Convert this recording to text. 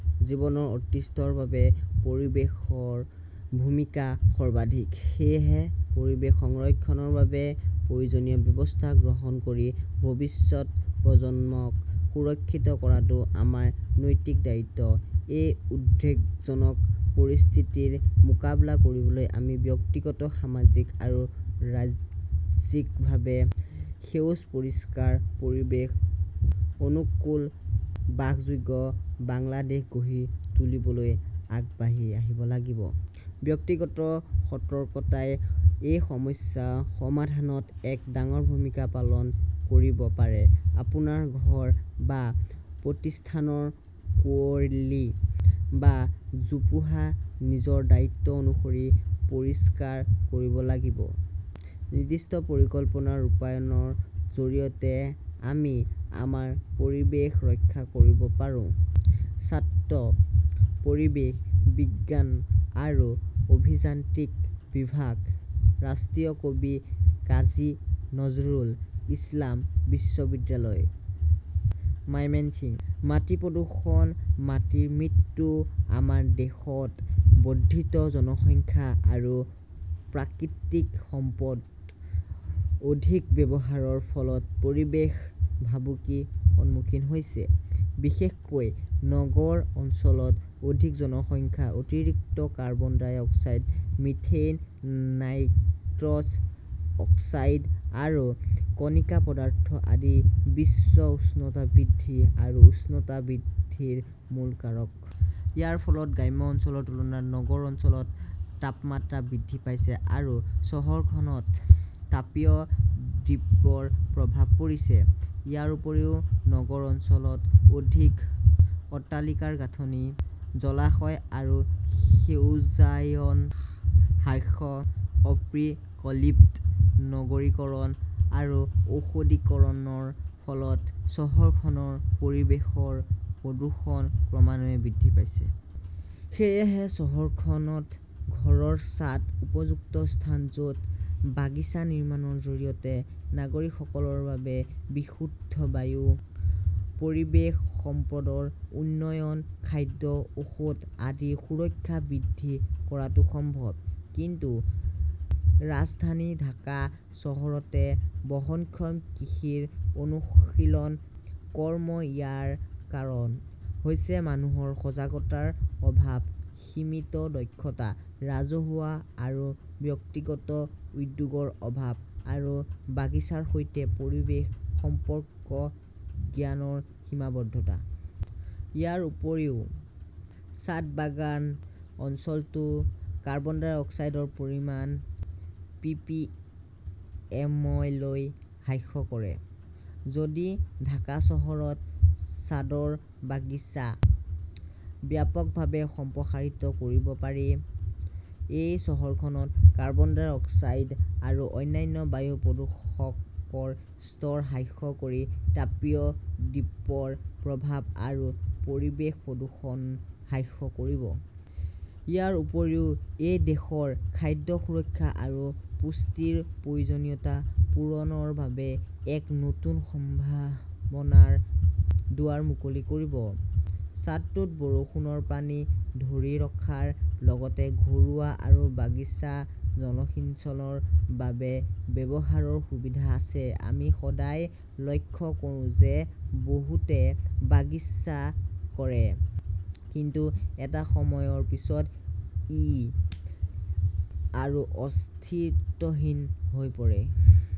জীৱনৰ অস্তিত্বৰ বাবে পৰিৱেশৰ ভূমিকা সৰ্বাধিক। সেয়েহে পৰিৱেশ সংৰক্ষণৰ বাবে প্ৰয়োজনীয় ব্যৱস্থা গ্ৰহণ কৰি ভৱিষ্যত প্ৰজন্মক সুৰক্ষিত কৰাটো আমাৰ নৈতিক দায়িত্ব। এই উদ্বেগজনক পৰিস্থিতিৰ মোকাবিলা কৰিবলৈ আমি ব্যক্তিগত, সামাজিক আৰু ৰাজ্যিকভাৱে সেউজ পৰিষ্কাৰ পৰিৱেশ অনুকূল বাসযোগ্য বাংলাদেশ গঢ়ি তুলিবলৈ আগবাঢ়ি আহিব লাগিব। ব্যক্তিগত সতৰ্কতাই এই সমস্যা সমাধানত এক ডাঙৰ ভূমিকা পালন কৰিব পাৰে। আপোনাৰ ঘৰ বা প্ৰতিষ্ঠানৰ কুঁৱলী বা জোপোহা নিজৰ দায়িত্ব অনুসৰি পৰিষ্কাৰ কৰিব লাগিব। নিৰ্দিষ্ট পৰিকল্পনা ৰূপায়ণৰ জৰিয়তে আমি আমাৰ পৰিৱেশ ৰক্ষা কৰিব পাৰোঁ। ছাত্ৰ, পৰিৱেশ বিজ্ঞান আৰু অভিযান্ত্ৰিক বিভাগ, ৰাষ্ট্ৰীয় কবি কাজী নজৰুল ইছলাম বিশ্ববিদ্যালয়, মাইমেশ্বিং। মাটি প্ৰদূষণ মাটিৰ মৃত্যু আমাৰ দেশত বৰ্ধিত জনসংখ্যা আৰু প্ৰাকৃতিক সম্পদৰ অধিক ব্যৱহাৰৰ ফলত পৰিৱেশ ভাবুকিৰ সন্মুখীন হৈছে। বিশেষকৈ নগৰ অঞ্চলত অধিক জনসংখ্যা, অতিৰিক্ত carbon dioxide, methane, nitrous oxide আৰু কণিকা পদাৰ্থ আদি বিশ্ব উষ্ণতা বৃদ্ধি আৰু উষ্ণতা বৃদ্ধিৰ মূল কাৰক। ইয়াৰ ফলত গ্ৰাম্য অঞ্চলৰ তুলনাত নগৰ অঞ্চলত তাপমাত্ৰা বৃদ্ধি পাইছে আৰু চহৰখনত তাপীয় দ্বীপৰ প্ৰভাৱ পৰিছে। ইয়াৰ উপৰিও নগৰ অঞ্চলত অধিক অট্টালিকাৰ গাঁথনি, জলাশয় আৰু সেউজায়ন হ্ৰাস, অপ্ৰিকল্পিত নগৰীকৰণ আৰু ঔদ্যোগিকৰণৰ ফলত চহৰখনৰ পৰিৱেশৰ প্ৰদূষণ ক্ৰমান্বয়ে বৃদ্ধি পাইছে। সেয়েহে চহৰখনত ঘৰৰ ছাদ উপযুক্ত স্থান য'ত বাগিচা নিৰ্মাণৰ জৰিয়তে নাগৰিকসকলৰ বাবে বিশুদ্ধ বায়ু, পৰিৱেশ সম্পদৰ উন্নয়ন, খাদ্য, ঔষধ আদিৰ সুৰক্ষা বৃদ্ধি কৰাটো সম্ভৱ। কিন্তু ৰাজধানী ঢাকা চহৰতে বহনক্ষম কৃষিৰ অনুশীলন কম, ইয়াৰ কাৰণ হৈছে মানুহৰ সজাগতাৰ অভাৱ, সীমিত দক্ষতা, ৰাজহুৱা আৰু ব্যক্তিগত উদ্যোগৰ অভাৱ, আৰু বাগিচাৰ সৈতে পৰিৱেশ সম্পৰ্কৰ জ্ঞানৰ সীমাবদ্ধতা। ইয়াৰ উপৰিও ছাদবাগান অঞ্চলটোত কাৰ্বন ডাই অক্সাইডৰ পৰিমাণ পিপিএমলৈ হ্ৰাস কৰে। যদি ঢাকা চহৰত ছাদৰ বাগিচা ব্যাপকভাৱে সম্প্ৰসাৰিত কৰিব পাৰি, ই চহৰখনত কাৰ্বন ডাই অক্সাইড আৰু অন্যান্য বায়ু প্ৰদূষকৰ স্তৰ হ্ৰাস কৰি তাপীয় দ্বীপৰ প্ৰভাৱ আৰু পৰিৱেশ প্ৰদূষণ হ্ৰাস কৰিব। ইয়াৰ উপৰিও ই দেশৰ খাদ্য সুৰক্ষা আৰু পুষ্টিৰ প্ৰয়োজনীয়তা পূৰণৰ বাবে এক নতুন সম্ভাৱনাৰ দুৱাৰ মুকলি কৰিব। ছাদটোত বৰষুণৰ পানী ধৰি ৰখাৰ লগতে ঘৰুৱা আৰু বাগিচাৰ জলসিঞ্চনৰ বাবে ব্যৱহাৰৰ সুবিধা আছে। আমি সদায় লক্ষ্য কৰোঁ যে বহুতে বাগিচা কৰে, কিন্তু এটা সময়ৰ পিছত ই আৰু অস্তিত্বহীন হৈ পৰে।